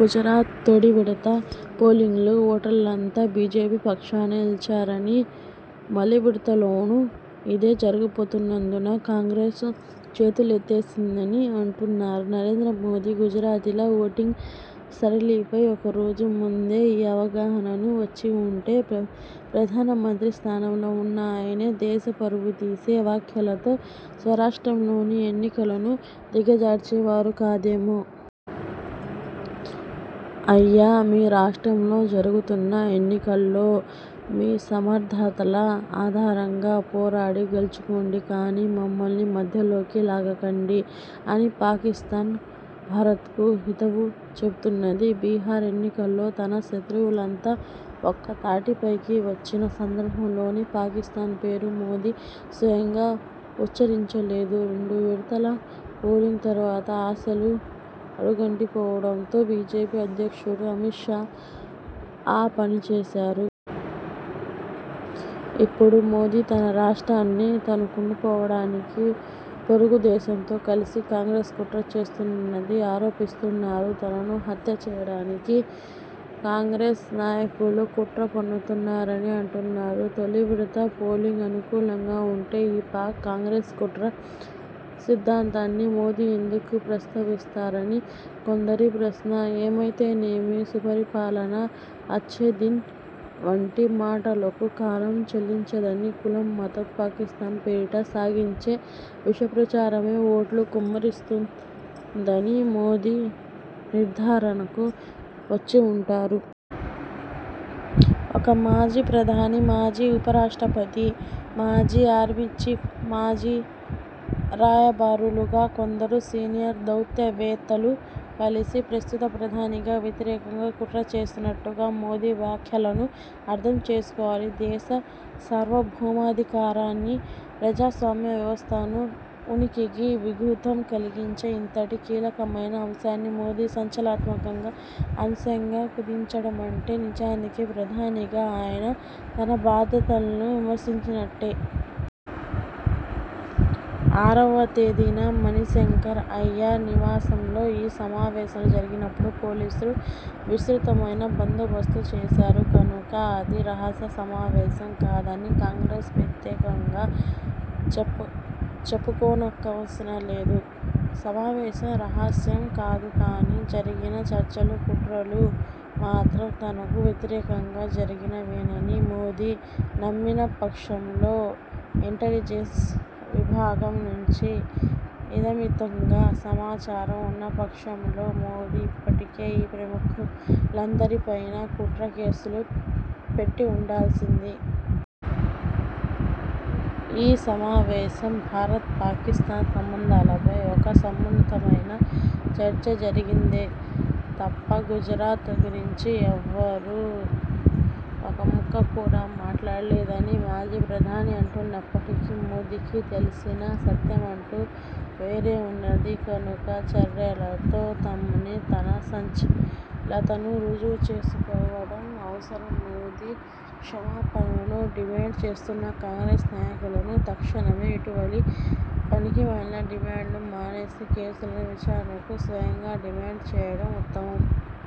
గుజరాత్ తొలివిడత పోలింగ్లో ఓటర్లంతా బీజేపీ పక్షానే నిలిచారనీ, మలివిడతలోనూ ఇదే జరగబోతున్నందున కాంగ్రెస్ చేతులెత్తేసిందని అటున్నారు నరేంద్రమోదీ. గుజరాతీల ఓటింగ్ సరళిపై ఒకరోజు ముందే ఈ అవగాహన వచ్చివుంటే, ప్రధానమంత్రి స్థానంలో ఉన్న ఆయనే దేశం పరువు తీసే వ్యాఖ్యలతో స్వరాష్ట్రంలోని ఎన్నికలను దిగజార్చేవారు కాదేమో! 'అయ్యా! మీ రాష్ట్రంలో జరుగుతున్న ఎన్నికల్లో మీ సమర్థతల ఆధారంగా పోరాడి గెల్చుకోండి కానీ, మమ్మల్ని మధ్యలోకి లాగకండి' అని పాకిస్థాన్ భారత్కు హితవు చెబుతున్నది. బీహార్ ఎన్నికల్లో తన శత్రువులంతా ఒక్కతాటిపైకి వచ్చిన సందర్భంలోనూ పాకిస్థాన్ పేరు మోదీ స్వయంగా ఉచ్చరించలేదు. రెండువిడతల పోలింగ్ తరువాత ఆశలు అడుగంటిపోవడంతో బీజేపీ అధ్యక్షుడు అమిత్ షా ఆ పనిచేశారు. ఇప్పుడు మోదీ తన రాష్ట్రాన్ని తన్నుకుపోవడానికి పొరుగుదేశంతో కలసి కాంగ్రెస్ కుట్ర చేస్తున్నదని ఆరోపిస్తున్నారు. తనను హత్యచేయడానికి కాంగ్రెస్ నాయకులు కుట్రపన్నుతున్నారని అంటున్నారు. తొలివిడత పోలింగ్ అనుకూలంగా ఉంటే, ఈ పాక్–కాంగ్రెస్ కుట్ర సిద్ధాంతాన్ని మోదీ ఎందుకు ప్రస్తావిస్తారని కొందరి ప్రశ్న. ఏమైతేనేమి, సుపరిపాలన, అచ్ఛేదిన్ వంటి మాటలకు కాలం చెల్లిందనీ, కులం, మతం, పాకిస్థాన్ పేరిట సాగించే విషప్రచారమే ఓట్లు కుమ్మరిస్తుందని మోదీ నిర్థారణకు వచ్చివుంటారు. ఒక మాజీ ప్రధాని, మాజీ ఉపరాష్ట్రపతి, మాజీ ఆర్మీచీఫ్, మాజీ రాయబారులుగా, కొందరు సీనియర్ దౌత్యవేత్తలు కలసి ప్రస్తుత ప్రధానిగా వ్యతిరేకంగా కుట్రచేసినట్టుగా మోదీ వ్యాఖ్యలను అర్థం చేసుకోవాలి. దేశ సార్వభౌమాధికారాని, ప్రజాస్వామ్య వ్యవస్థ ఉనికికీ విఘాతం కలిగించే ఇంతటి కీలకమైన అంశాన్ని మోదీ సంచలన్మాతక అశంగా కుదించడమంటే నిజానికి ప్రధానిగా ఆయన తన బాధ్యతలను విస్మరించినట్టే. ఆరవతేదీన మణిశంకర్ అయ్యర్ నివాసంలో ఈ సమావేశం జరిగినప్పుడు పోలీసులు విస్తృతమైన బందోబస్తు చేశారు కనుక, అది రహస్య సమావేశం కాదని కాంగ్రెస్ ప్రత్యేకంగా చెప్పుకోనక్కవసలేదు. సమావేశం రహస్యం కాదు కానీ, జరిగిన చర్చలు, కుట్రలు మాత్రం తనకు వ్యతిరేకంగా జరిగినవేనని మోదీ నమ్మిన పక్షంలో, ఇంటలిజెన్స్ విభాగం నుంచి ఇదమిత్థంగా సమాచారం ఉన్న పక్షంలో మోదీ ఇప్పటికే ఈ ప్రముఖులందరిపైనా కుట్ర కేసులు పెట్టివుండాల్సింది. ఈ సమావేశం భారత్– పాకిస్థాన్ సంబంధాలపై ఒక సమున్నతమైన చర్చ జరిగిందే తప్ప గుజరాత్ గురించి ఎవ్వరూ ఒక్కముక్క కూడా మాట్లాడలేదని మాజీ ప్రధాని అంటున్నప్పటికీ, మోదీకి తెలిసిన సత్యమంటూ వేరేవున్నది కనుక, చర్యలతో తన సచ్ఛీలతను రుజువుచేసుకోవడం అవసరం. మోదీ క్షమాపణను డిమాండ్ చేస్తున్న కాంగ్రెస్ నాయకులను తక్షణమే ఇటువంటి పనికిమాలిన డిమాండ్లు మానేసి, కేసులకూ, విచారణకూ స్వయంగా డిమాండ్ చేయడం ఉత్తమం.